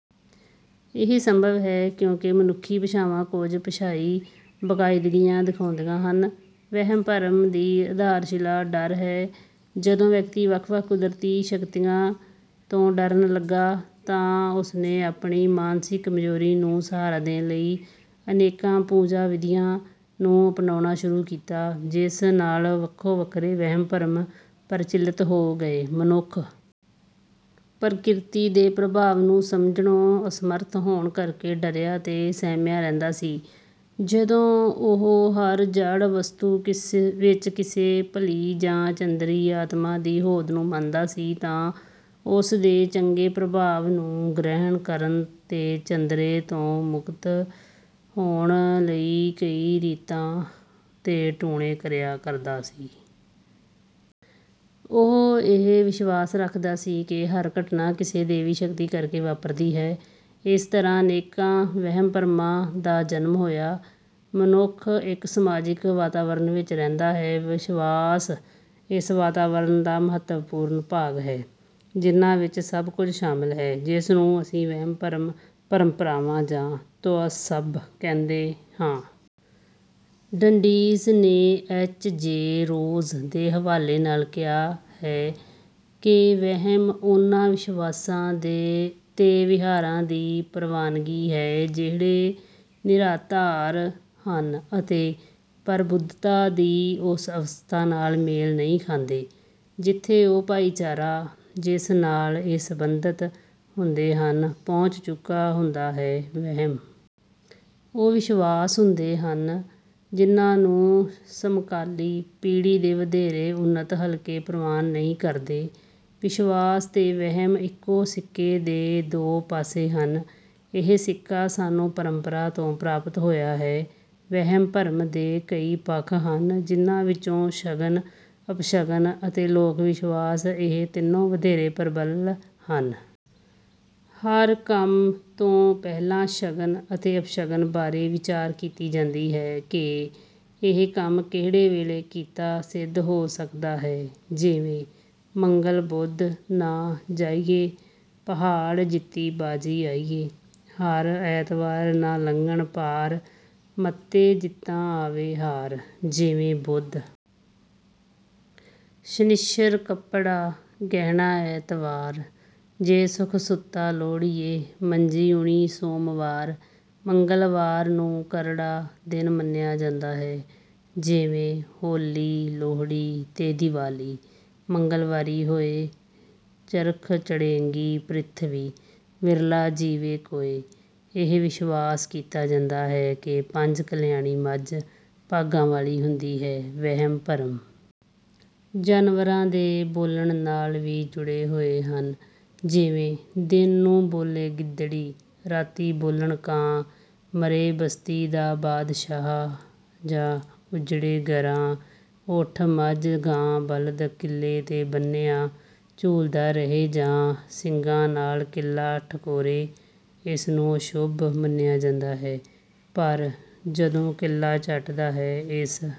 ਇਹ ਸੰਭਵ ਹੈ ਕਿਉਂਕਿ ਮਨੁੱਖੀ ਭਾਸ਼ਾਵਾਂ ਕੁਝ ਭਾਸ਼ਾਈ ਬਾਕਾਇਦਗੀਆਂ ਦਿਖਾਉਂਦੀਆਂ ਹਨ। ਵਹਿਮ-ਭਰਮ ਦੀ ਆਧਾਰਸ਼ਿਲਾ ਡਰ ਹੈ। ਜਦੋਂ ਵਿਅਕਤੀ ਵੱਖ-ਵੱਖ ਕੁਦਰਤੀ ਸ਼ਕਤੀਆਂ ਤੋਂ ਡਰਨ ਲੱਗਾ ਤਾਂ ਉਸਨੇ ਆਪਣੀ ਮਾਨਸਿਕ ਕਮਜ਼ੋਰੀ ਨੂੰ ਸਹਾਰਾ ਦੇਣ ਲਈ ਅਨੇਕਾਂ ਪੂਜਾ-ਵਿਧੀਆਂ ਨੂੰ ਅਪਣਾਉਣਾ ਸ਼ੁਰੂ ਕੀਤਾ, ਜਿਸ ਨਾਲ ਵੱਖੋ-ਵੱਖਰੇ ਵਹਿਮ-ਭਰਮ ਪ੍ਰਚਲਿਤ ਹੋ ਗਏ। ਮਨੁੱਖ ਪ੍ਰਕਿਰਤੀ ਦੇ ਪ੍ਰਭਾਵ ਨੂੰ ਸਮਝਣੋਂ ਅਸਮਰੱਥ ਹੋਣ ਕਰਕੇ ਡਰਿਆ ਤੇ ਸਹਿਮਿਆ ਰਹਿੰਦਾ ਸੀ। ਜਦੋਂ ਉਹ ਹਰ ਜੜ੍ਹ ਵਸਤੂ ਵਿੱਚ ਕਿਸੇ ਭਲੀ ਜਾਂ ਚੰਦਰੀ ਆਤਮਾ ਦੀ ਹੋਂਦ ਨੂੰ ਮੰਨਦਾ ਸੀ, ਤਾਂ ਉਸ ਦੇ ਚੰਗੇ ਪ੍ਰਭਾਵ ਨੂੰ ਗ੍ਰਹਿਣ ਕਰਨ ਤੇ ਚੰਦਰੇ ਤੋਂ ਮੁਕਤ ਹੋਣ ਲਈ ਕਈ ਰੀਤਾਂ ਤੇ ਟੂਣੇ ਕਰਿਆ ਕਰਦਾ ਸੀ। ਉਹ ਇਹ ਵਿਸ਼ਵਾਸ ਰੱਖਦਾ ਸੀ ਕਿ ਹਰ ਘਟਨਾ ਕਿਸੇ ਦੈਵੀ ਸ਼ਕਤੀ ਕਰਕੇ ਵਾਪਰਦੀ ਹੈ। ਇਸ ਤਰ੍ਹਾਂ ਅਨੇਕਾਂ ਵਹਿਮ-ਭਰਮਾਂ ਦਾ ਜਨਮ ਹੋਇਆ। ਮਨੁੱਖ ਇੱਕ ਸਮਾਜਿਕ ਵਾਤਾਵਰਣ ਵਿੱਚ ਰਹਿੰਦਾ ਹੈ। ਵਿਸ਼ਵਾਸ ਇਸ ਵਾਤਾਵਰਣ ਦਾ ਮਹੱਤਵਪੂਰਨ ਭਾਗ ਹਨ, ਜਿਨ੍ਹਾਂ ਵਿੱਚ ਸਭ ਕੁਝ ਸ਼ਾਮਿਲ ਹੈ, ਜਿਸ ਨੂੰ ਅਸੀਂ ਵਹਿਮ, ਪਰੰਪਰਾ ਜਾਂ ਤੁਅੱਸਬ ਕਹਿੰਦੇ ਹਾਂ। ਡੰਡੀਜ਼ ਨੇ ਐਚ. ਜੇ. ਰੋਜ਼ ਦੇ ਹਵਾਲੇ ਨਾਲ ਕਿਹਾ ਹੈ ਕਿ ਵਹਿਮ ਉਨ੍ਹਾਂ ਵਿਸ਼ਵਾਸਾਂ ਤੇ ਵਿਹਾਰਾਂ ਦੀ ਪ੍ਰਵਾਨਗੀ ਹੈ, ਜਿਹੜੇ ਨਿਰਾਧਾਰ ਹਨ ਅਤੇ ਪ੍ਰਬੁੱਧਤਾ ਦੀ ਉਸ ਅਵਸਥਾ ਨਾਲ ਮੇਲ ਨਹੀਂ ਖਾਂਦੇ, ਜਿੱਥੇ ਉਹ ਭਾਈਚਾਰਾ, ਜਿਸ ਨਾਲ ਇਹ ਸੰਬੰਧਿਤ ਹੁੰਦੇ ਹਨ, ਪਹੁੰਚ ਚੁੱਕਾ ਹੁੰਦਾ ਹੈ। ਵਹਿਮ ਉਹ ਵਿਸ਼ਵਾਸ ਹੁੰਦੇ ਹਨ, ਜਿਨ੍ਹਾਂ ਨੂੰ ਸਮਕਾਲੀ ਪੀੜ੍ਹੀ ਦੇ ਵਧੇਰੇ ਉੱਨਤ ਹਲਕੇ ਪ੍ਰਵਾਨ ਨਹੀਂ ਕਰਦੇ। ਵਿਸ਼ਵਾਸ ਤੇ ਵਹਿਮ ਇਕੋ ਸਿੱਕੇ ਦੇ ਦੋ ਪਾਸੇ ਹਨ। ਇਹ ਸਿੱਕਾ ਸਾਨੂੰ ਪਰੰਪਰਾ ਤੋਂ ਪ੍ਰਾਪਤ ਹੋਇਆ ਹੈ। ਵਹਿਮ-ਭਰਮ ਦੇ ਕਈ ਪੱਖ ਹਨ, ਜਿਨ੍ਹਾਂ ਵਿੱਚੋਂ ਸ਼ਗਨ, ਅਪਸ਼ਗਨ ਅਤੇ ਲੋਕ-ਵਿਸ਼ਵਾਸ—ਇਹ ਤਿੰਨੋ ਵਧੇਰੇ ਪ੍ਰਬਲ ਹਨ। ਹਰ ਕੰਮ ਤੋਂ ਪਹਿਲਾਂ ਸ਼ਗਨ ਅਤੇ ਅਪਸ਼ਗਨ ਬਾਰੇ ਵਿਚਾਰ ਕੀਤੀ ਜਾਂਦੀ ਹੈ ਕਿ ਇਹ ਕੰਮ ਕਿਹੜੇ ਵੇਲੇ ਕੀਤਾ ਸਿੱਧ ਹੋ ਸਕਦਾ ਹੈ। ਜਿਵੇਂ:“ਮੰਗਲ ਬੁੱਧ ਨਾ ਜਾਈਏ, ਪਹਾੜ ਜਿੱਤੀ ਬਾਜ਼ੀ ਆਈਏ। ਹਰ ਐਤਵਾਰ ਨਾ ਲੰਘਣ ਪਾਰ, ਮੱਤੇ ਜਿੱਤਾਂ ਆਵੇ ਹਾਰ।”ਜਿਵੇਂ:“ਬੁੱਧ ਸ਼ਨਿੱਚਰ ਕੱਪੜਾ, ਗਹਿਣਾ, ਐਤਵਾਰ ਜੇ ਸੁੱਖ ਸੁੱਤਾ ਲੋੜੀਏ, ਮੰਜੀ ਉਣੀ ਸੋਮਵਾਰ।”ਮੰਗਲਵਾਰ ਨੂੰ ਕਰੜਾ ਦਿਨ ਮੰਨਿਆ ਜਾਂਦਾ ਹੈ। ਜਿਵੇਂ:“ਹੋਲੀ, ਲੋਹੜੀ ਤੇ ਦੀਵਾਲੀ ਮੰਗਲਵਾਰੀ ਹੋਇ, ਚਰਖ ਚੜ੍ਹੇਗੀ ਪ੍ਰਿਥਵੀ, ਵਿਰਲਾ ਜੀਵੇ ਕੋਇ।”ਇਹ ਵਿਸ਼ਵਾਸ ਕੀਤਾ ਜਾਂਦਾ ਹੈ ਕਿ ਪੰਜ ਕਲਿਆਣੀ ਮੱਝ ਭਾਗਾਂ ਵਾਲੀ ਹੁੰਦੀ ਹੈ। ਵਹਿਮ-ਭਰਮ ਜਾਨਵਰਾਂ ਦੇ ਬੋਲਣ ਨਾਲ ਵੀ ਜੁੜੇ ਹੋਏ ਹਨ। ਜਿਵੇਂ:“ਦਿਨ ਨੂੰ ਬੋਲੇ ਗਿੱਦੜੀ, ਰਾਤੀ ਬੋਲਣ ਕਾਂ, ਮਰੇ ਬਸਤੀ ਦਾ ਬਾਦਸ਼ਾਹਜਾਂ ਉਜੜੇ ਗਰਾਂ।”ਉਂਠ, ਮੱਝ, ਗਾਂ, ਬਲਦ ਕਿੱਲੇ ’ਤੇ ਬੰਨ੍ਹਿਆਂ ਝੂਲਦਾ ਰਹੇ ਜਾਂ ਸਿੰਙਾਂ ਨਾਲ ਕਿੱਲਾ ਠਕੋਰੇ, ਇਸ ਨੂੰ ਅਸ਼ੁੱਭ ਮੰਨਿਆ ਜਾਂਦਾ ਹੈ। ਪਰ ਜਦੋਂ ਕਿੱਲਾ ਚੱਟਦਾ ਹੈ, ਇਸ...